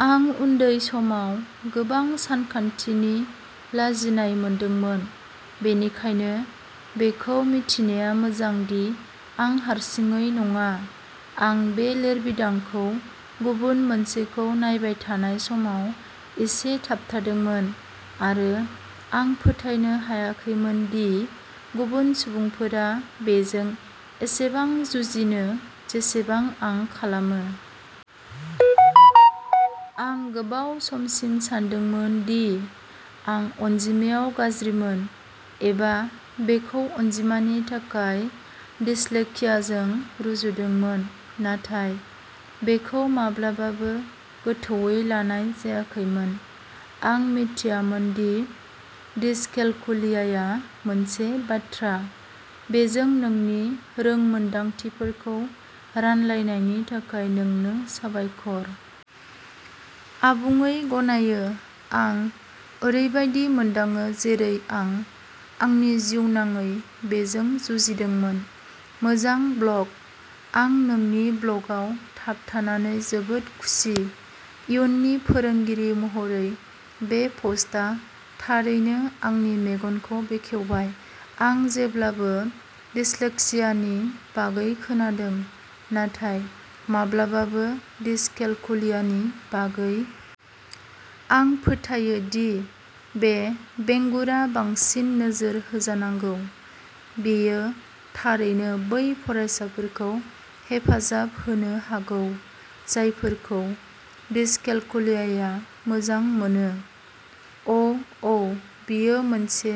आं उन्दै समाव गोबां सानखान्थिनि लाजिनाय मोनदोंमोन, बेनिखायनो बेखौ मिथिनाया मोजां दि आं हारसिङै नङा। आं बे लिरबिदांखौ गुबुन मोनसेखौ नायबाय थानाय समाव एसे थाबथादोंमोन-आरो आं फोथायनो हायाखैमोन दि गुबुन सुबुंफोरा बेजों एसेबां जुजियो जेसेबां आं खालामो। आं गोबाव समसिम सानदोंमोन दि आं अनजिमायाव गाज्रिमोन, एबा बेखौ अनजिमानि थाखाय डिस्लेक्सियाजों रुजुदोंमोन, नाथाय बेखौ माब्लाबाबो गोथौवै लानाय जायाखैमोन। आं मिथियामोन दि डिसकेलकुलियाया मोनसे बाथ्रा! बेजों नोंनि रोंमोनदांथिफोरखौ रानलायनायनि थाखाय नोंनो साबायखर! आबुङै गनायो। आं ओरैबायदि मोनदाङो जेरै आं आंनि जिउनाङै बेजों जुजिदोंमोन। मोजां ब्लग! आं नोंनि ब्लगआव थाबथानानै जोबोद खुसि। इयुननि फोरोंगिरि महरै, बे पस्टआ थारैनो आंनि मेगनखौ बेखेवबाय। आं जेब्लाबो डिस्लेक्सियानि बागै खोनादों, नाथाय माब्लाबाबो डिसकेलकुलियानि बागै। आं फोथायो दि बे बेंगुरा बांसिन नोजोर होजानांगौ, बेयो थारैनो बै फरायसाफोरखौ हेफाजाब होनो हागौ जायफोरखौ डिसकेलकुलियाया मोजां मोनो। अ'अ, बेयो मोनसे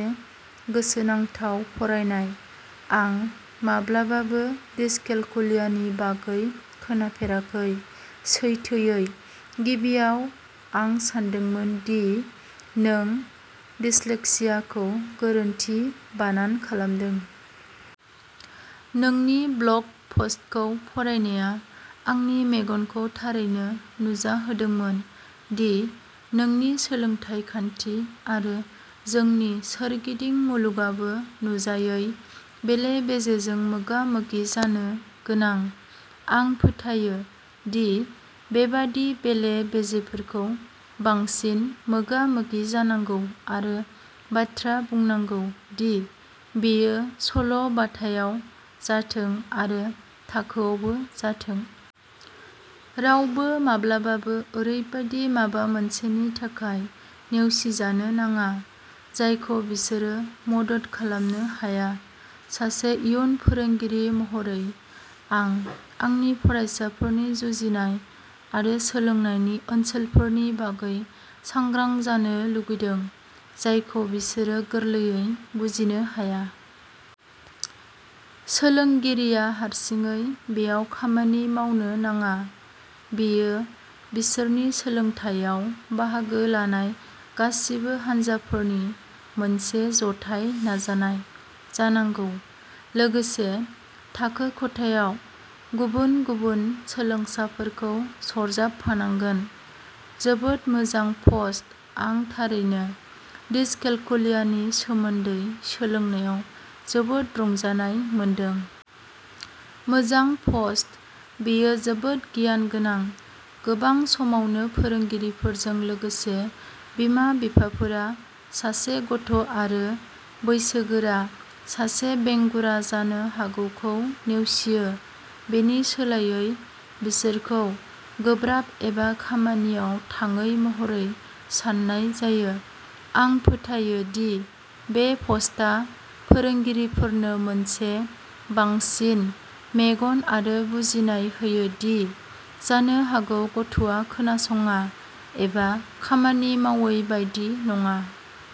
गोसोनांथाव फरायनाय। आं माब्लाबाबो डिसकेलकुलियानि बागै खोनाफेराखै, सैथोयै, गिबियाव, आं सानदोंमोन दि नों डिस्लेक्सियाखौ गोरोन्थि बानान खालामदों। नोंनि ब्लग पस्टखौ फरायनाया आंनि मेगनखौ थारैनो नुजाहोदोंमोन दि जोंनि सोलोंथाय खान्थि आरो जोंनि सोरगिदिं मुलुगआबो नुजायै बेले-बेजेजों मोगा-मोगि जानो गोनां। आं फोथायो दि बेबादि बेले-बेजेफोरखौ बांसिन मोगा-मोगि जानांगौ आरो बाथ्रा बुंनांगौ दि बेयो सल'बाथायाव जाथों आरो थाखोआवबो जाथों। रावबो माब्लाबाबो ओरैबायदि माबा मोनसेनि थाखाय नेवसिजानो नाङा जायखौ बिसोरो मदद खालामनो हाया। सासे इयुन फोरोंगिरि महरै, आं आंनि फरायसाफोरनि जुजिनाय आरो सोलोंनायनि ओनसोलफोरनि बागै सांग्रां जानो लुगैदों जायखौ बिसोरो गोरलैयै बुजिनो हाया। सोलोंगिरिया हारसिङै बेयाव खामानि मावनो नाङा, बेयो बिसोरनि सोलोंथायाव बाहागो लानाय गासिबो हानजाफोरनि मोनसे जथाय नाजानाय जानांगौ। लोगोसे, थाखो खथाया गुबुन-गुबुन सोलोंसाफोरखौ सरजाबफानांगोन। जोबोद मोजां पस्ट, आं थारैनो। डिसकेलकुलियानि सोमोन्दै सोलोंनायाव जोबोद रंजानाय मोनदों। मोजां पस्ट! बेयो जोबोद गियान गोनां। गोबां समावनो फोरोंगिरिफोरजों लोगोसे बिमा-बिफाफोरा सासे गथ'आरो बैसोगोरा सासे बेंगुरा जानो हागौखौ नेवसियो। बेनि सोलायै बिसोरखौ गोब्राब एबा खामानियाव थाङै महरै साननाय जायो, आं फोथायो दि बे पस्टआ फोरोंगिरिफोरनो मोनसे बांसिन मेगन आरो बुजिनाय होयो दि जानो हागौ गथ'आ खोनासङा एबा खामानि मावै बायदि नङा।